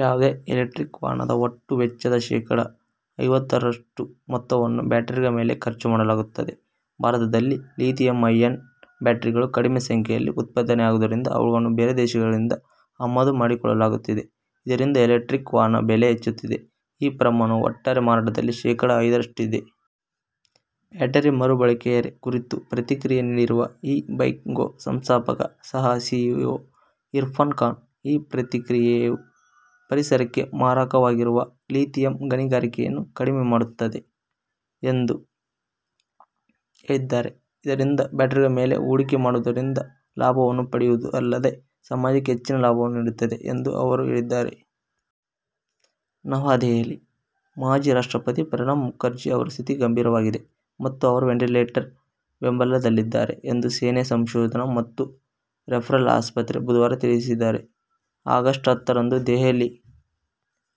ಯಾವುದೇ ಎಲೆಕ್ಟ್ರಿಕ್ ವಾಹನದ ಒಟ್ಟು ವೆಚ್ಚದ ಶೇಖಡ ಐವತ್ತರಷ್ಟು ಮೊತ್ತವನ್ನು ಬ್ಯಾಟರಿಗಳ ಮೇಲೆ ಖರ್ಚು ಮಾಡಲಾಗುತ್ತದೆ. ಭಾರತದಲ್ಲಿ ಲಿಥಿಯಂ ಐಯಾನ್ ಬ್ಯಾಟರಿಗಳು ಕಡಿಮೆ ಸಂಖ್ಯೆಯಲ್ಲಿ ಉತ್ಪಾದನೆಯಾಗುವುದರಿಂದ ಅವುಗಳನ್ನು ಬೇರೆ ದೇಶಗಳಿಂದ ಆಮದು ಮಾಡಿಕೊಳ್ಳಲಾಗುತ್ತಿದೆ. ಇದರಿಂದಾಗಿ ಎಲೆಕ್ಟ್ರಿಕ್ ವಾಹನಗಳ ಬೆಲೆ ಹೆಚ್ಚುತ್ತಿದೆ. ಈ ಪ್ರಮಾಣವು ಒಟ್ಟಾರೆ ಮಾರಾಟದಲ್ಲಿ ಶೇಖಡ ಐದರಷ್ಟಿದೆ. ಬ್ಯಾಟರಿ ಮರುಬಳಕೆಯ ಕುರಿತು ಪ್ರತಿಕ್ರಿಯೆ ನೀಡಿರುವ ಇ-ಬೈಕ್ ಗೋ ಸಂಸ್ಥಾಪಕ ಸಹ-ಸಿಇಒ ಇರ್ಫಾನ್ ಖಾನ್, ಈ ಪ್ರಕ್ರಿಯೆಯು ಪರಿಸರಕ್ಕೆ ಮಾರಕವಾಗಿರುವ ಲಿಥಿಯಂ ಗಣಿಗಾರಿಕೆಯನ್ನು ಕಡಿಮೆ ಮಾಡುತ್ತದೆ ಎಂದು ಹೇಳಿದಾರೆ. ಇದರಿಂದಾಗಿ ಬ್ಯಾಟರಿಗಳ ಮೇಲೆ ಹೂಡಿಕೆ ಮಾಡುವುದರಿಂದ ಲಾಭವನ್ನು ಪಡೆಯುವುದಲ್ಲದೆ, ಸಮಾಜಕ್ಕೆ ಹೆಚ್ಚಿನ ಲಾಭವನ್ನು ನೀಡುತ್ತೇವೆ ಎಂದು ಅವರು ಹೇಳಿದ್ದಾರೆ. ನವದೆಹಲಿ: ಮಾಜಿ ರಾಷ್ಟ್ರಪತಿ ಪ್ರಣಬ್ ಮುಖರ್ಜಿ ಅವರ ಸ್ಥಿತಿ ಗಂಭೀರವಾಗಿದೆ ಮತ್ತು ಅವರು ವೆಂಟಿಲೇಟರ್ ಬೆಂಬಲದಲ್ಲಿದ್ದಾರೆ ಎಂದು ಸೇನೆಯ ಸಂಶೋಧನಾ ಮತ್ತು ರೆಫರಲ್ ಆಸ್ಪತ್ರೆ ಬುಧವಾರ ತಿಳಿಸಿದೆ. ಆಗಸ್ಟ್ ಹತ್ತರಂದು ದೆಹಲಿ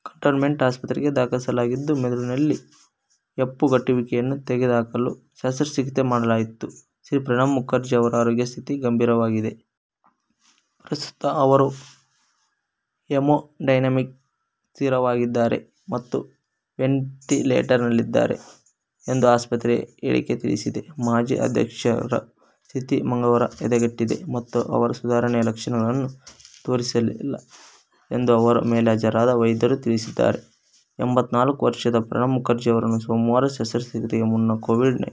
ಕಂಟೋನ್ಮೆಂಟ್ನ ಆಸ್ಪತ್ರೆಗೆ ದಾಖಲಿಸಲಾಗಿದ್ದು, ಮೆದುಳಿನಲ್ಲಿ ಹೆಪ್ಪುಗಟ್ಟುವಿಕೆಯನ್ನು ತೆಗೆದುಹಾಕಲು ಶಸ್ತ್ರಚಿಕಿತ್ಸೆ ಮಾಡಲಾಯಿತು. "ಶ್ರೀ. ಪ್ರಣಬ್ ಮುಖರ್ಜಿ ಅವರ ಆರೋಗ್ಯ ಸ್ಥಿತಿ ಗಂಭೀರವಾಗಿದೆ. ಪ್ರಸ್ತುತ ಅವರು ಹೆಮೋಡೈನಮಿಕ್ ಸ್ಥಿರವಾಗಿದ್ದಾರೆ ಮತ್ತು ವೆಂಟಿಲೇಟರ್ನಲ್ಲಿದ್ದಾರೆ" ಎಂದು ಆಸ್ಪತ್ರೆಯ ಹೇಳಿಕೆ ತಿಳಿಸಿದೆ. ಮಾಜಿ ಅಧ್ಯಕ್ಷರ ಸ್ಥಿತಿ ಮಂಗಳವಾರ ಹದಗೆಟ್ಟಿದೆ ಮತ್ತು ಅವರು ಸುಧಾರಣೆಯ ಲಕ್ಷಣಗಳನ್ನು ತೋರಿಸಿಲ್ಲ ಎಂದು ಅವರ ಮೇಲೆ ಹಾಜರಾದ ವೈದ್ಯರು ತಿಳಿಸಿದ್ದಾರೆ. ಎಂಬತ್ನಾಲ್ಕು ವರ್ಷದ ಪ್ರಣಬ್ ಮುಖರ್ಜಿಯವರನ್ನು ಸೋಮವಾರ ಶಸ್ತ್ರಚಿಕಿತ್ಸೆಗೆ ಮುನ್ನ ಕೋವಿಡ್ -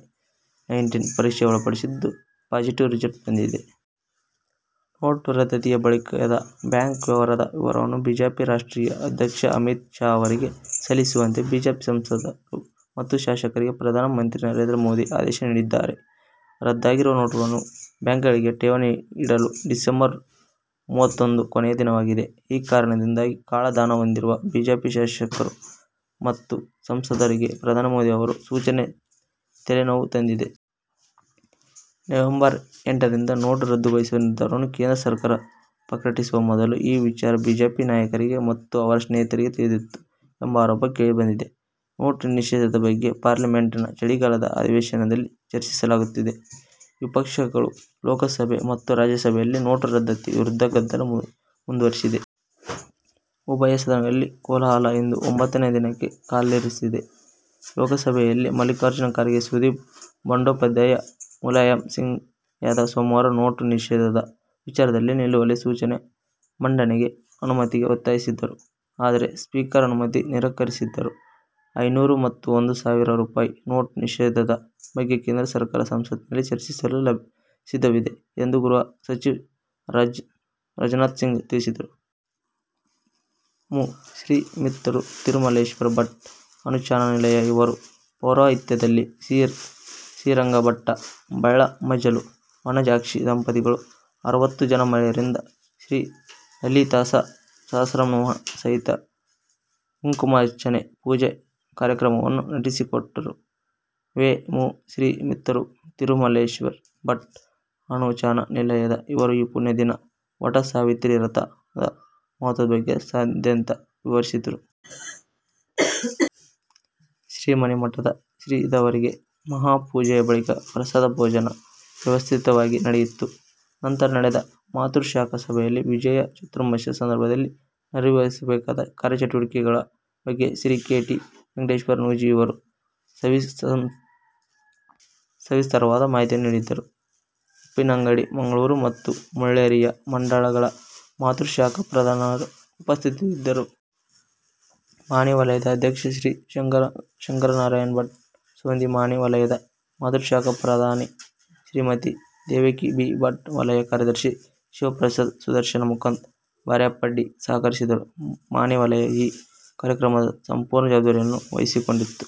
ನೈಂಟೀನ್ ಪರೀಕ್ಷೆಗೆ ಒಳಪಡಿಸಿದ್ದು, ಪಾಸಿಟಿವ್ ರಿಸಲ್ಟ್ ಬಂದಿದೆ. ನೋಟು ರದ್ದತಿಯ ಬಳಿಕದ ಬ್ಯಾಂಕ್ ವ್ಯವಹಾರದ ವಿವರವನ್ನು ಬಿಜೆಪಿ ರಾಷ್ಟ್ರೀಯ ಅಧ್ಯಕ್ಷ ಅಮಿತ್ ಶಾ ಅವರಿಗೆ ಸಲ್ಲಿಸುವಂತೆ ಬಿಜೆಪಿ ಸಂಸದರು ಮತ್ತು ಶಾಸಕರಿಗೆ ಪ್ರಧಾನ ಮಂತ್ರಿ ನರೇಂದ್ರ ಮೋದಿ ಆದೇಶ ನೀಡಿದ್ದಾರೆ. ರದ್ದಾಗಿರುವ ನೋಟುಗಳನ್ನು ಬ್ಯಾಂಕ್ಗಳಿಗೆ ಠೇವಣಿ ಇಡಲು ಡಿಸೆಂಬರ್ ಮೂವತ್ತೊಂದು ಕೊನೆಯ ದಿನವಾಗಿದೆ. ಈ ಕಾರಣದಿಂದಾಗಿ ಕಾಳ ಧನ ಹೊಂದಿರುವ ಬಿಜೆಪಿ ಶಾಸಕರು ಮತ್ತು ಸಂಸದರಿಗೆ ಪ್ರಧಾನಿ ಮೋದಿ ಅವರ ಸೂಚನೆ ತಲೆನೋವು ತಂದಿದೆ. ನವಂಬರ್ ಎಂಟರಿಂದ ನೋಟು ರದ್ದುಗೊಳಿಸುವ ನಿರ್ಧಾರವನ್ನು ಕೇಂದ್ರ ಸರಕಾರ ಪ್ರಕಟಿಸುವ ಮೊದಲೇ ಈ ವಿಚಾರ ಬಿಜೆಪಿ ನಾಯಕರಿಗೆ ಮತ್ತು ಅವರ ಸ್ನೇಹಿತರಿಗೆ ತಿಳಿದಿತ್ತು ಎಂಬ ಆರೋಪ ಕೇಳಿ ಬಂದಿದೆ. ನೋಟು ನಿಷೇಧದ ಬಗ್ಗೆ ಪಾರ್ಲಿಮೆಂಟ್ ನ ಚಳಿಗಾಲದ ಅಧಿವೇಶನದಲ್ಲಿ ಚರ್ಚಿಸಲಾಗುತ್ತಿದೆ. ವಿಪಕ್ಷಗಳು ಲೋಕಸಭೆ ಮತ್ತು ರಾಜ್ಯಸಭೆಯಲ್ಲಿ ನೋಟು ರದ್ದತಿ ವಿರುದ್ಧ ಗದ್ದಲ ಮುಂದುವರಿಸಿದೆ. ಉಭಯ ಸದನಗಳಲ್ಲಿ ಕೋಲಾಹಲ ಇಂದು ಒಂಭತ್ತನೇ ದಿನಕ್ಕೆ ಕಾಲಿರಿಸಿದೆ. ಲೋಕಸಭೆಯಲ್ಲಿ ಮಲ್ಲಿಕಾರ್ಜುನ ಖರ್ಗೆ ಸುದೀಪ್ ಬಂಡೋಪಾಧ್ಯಾಯ, ಮುಲಾಯಂ ಸಿಂಗ್ ಯಾದವ್ ಸೋಮವಾರ ನೋಟು ನಿಷೇಧದ ವಿಚಾರದಲ್ಲಿ ನಿಲುವಳಿ ಸೂಚನೆ ಮಂಡನೆಗೆ ಅನುಮತಿಗೆ ಒತ್ತಾಯಿಸಿದ್ದರು. ಆದರೆ ಸ್ಪೀಕರ್ ಅನುಮತಿ ನಿರಾಕರಿಸಿದ್ದರು. ಐನೂರು ಮತ್ತು ಒಂದು ಸಾವಿರ ರೂಪಾಯಿ ನೋಟ್ ನಿಷೇಧದ ಬಗ್ಗೆ ಕೇಂದ್ರ ಸರಕಾರ ಸಂಸತ್ತಿನಲ್ಲಿ ಚರ್ಚಿಸಲು ಸಿದ್ಧವಿದೆ ಎಂದು ಗೃಹ ಸಚಿವ ರಾಜ್ನಾಥ್ ಸಿಂಗ್ ತಿಳಿಸಿದ್ದರು. ಮೂ. ಶ್ರೀ ಮಿತ್ತೂರು ತಿರುಮಲೇಶ್ವರ ಭಟ್ಟ, ಅನೂಚಾನ ನಿಲಯ ಇವರ ಪೌರೋಹಿತ್ಯದಲ್ಲಿ, ಶ್ರೀ ಶ್ರೀರಂಗ ಭಟ್ಟ ಬಳ್ಳಮಜಲು, ವನಜಾಕ್ಷಿ ದಂಪತಿಗಳು ಅರುವತ್ತು ಜನ ಮಹಿಳೆಯರಿಂದ ಶ್ರೀ ಲಲಿತಾಸಹಸ್ರನಾಮ ಸಹಿತ ಕುಂಕುಮಾರ್ಚನೆ ಪೂಜೆ ಕಾರ್ಯಕ್ರಮವನ್ನು ನಡೆಸಿಕೊಟ್ಟರು. ವೇ. ಮೂ. ಶ್ರೀ ಮಿತ್ತೂರು ತಿರುಮಲೇಶ್ವರ ಭಟ್ಟ, ಅನೂಚಾನ ನಿಲಯ ಇವರು ಈ ಪುಣ್ಯದಿನ "ವಟ ಸಾವಿತ್ರೀ ವ್ರತ"ದ ಮಹತ್ವದ ಬಗ್ಗೆ ಸಾದ್ಯಂತ ವಿವರಿಸಿದರು. ಶ್ರೀಮಾಣಿ ಮಠದ ಶ್ರೀದೇವರಿಗೆ ಮಹಾಪೂಜೆಯ ಬಳಿಕ ಪ್ರಸಾದ ಭೋಜನ ವ್ಯವಸ್ಥಿತವಾಗಿ ನಡೆಯಿತು. ನಂತರ ನಡೆದ ಮಾತೃಶಾಖಾ ಸಭೆಯಲ್ಲಿ, ವಿಜಯ ಚಾತುರ್ಮಾಸ್ಯ ಸಂದರ್ಭದಲ್ಲಿ ನಿರ್ವಹಿಸಬೇಕಾದ ಕಾರ್ಯಚಟುವಟಿಕೆಗಳ ಬಗ್ಗೆ, ಶ್ರೀ ಕೆ. ಟಿ. ವೆಂಕಟೇಶ್ವರ ನೂಜಿ, ಇವರು ಸವಿಸ್ತಾರವಾದ ಮಾಹಿತಿಯನ್ನು ನೀಡಿದರು. ಉಪ್ಪಿನಂಗಡಿ, ಮಂಗಳೂರು ಮತ್ತು ಮುಳ್ಳೇರಿಯಾ ಮಂಡಲಗಳ ಮಾತೃಶಾಖಾ ಪ್ರಧಾನರು ಉಪಸ್ಥಿತರಿದ್ದರು. ಮಾಣಿ ವಲಯದ ಅಧ್ಯಕ್ಷ ಶ್ರೀ ಶಂಕರನಾರಾಯಣ ಭಟ್ ಸೊಂದಿ, ಮಾಣಿ ವಲಯದ ಮಾತೃಶಾಖಾ ಪ್ರಧಾನೆ ಶ್ರೀಮತಿ. ದೇವಕಿ ಬಿ. ಭಟ್, ವಲಯ ಕಾರ್ಯದರ್ಶಿ ಶಿವಪ್ರಸಾದ, ಸುದರ್ಶನ, ಮುಕುಂದ ಬರೆಪ್ಪಾಡಿ ಸಹಕರಿಸಿದರು. ಮಾಣಿ ವಲಯ ಈ ಕಾರ್ಯಕ್ರಮದ ಸಂಪೂರ್ಣ ಜವಾಬ್ದಾರಿಯನ್ನು ವಹಿಸಿಕೊಂಡಿತ್ತು.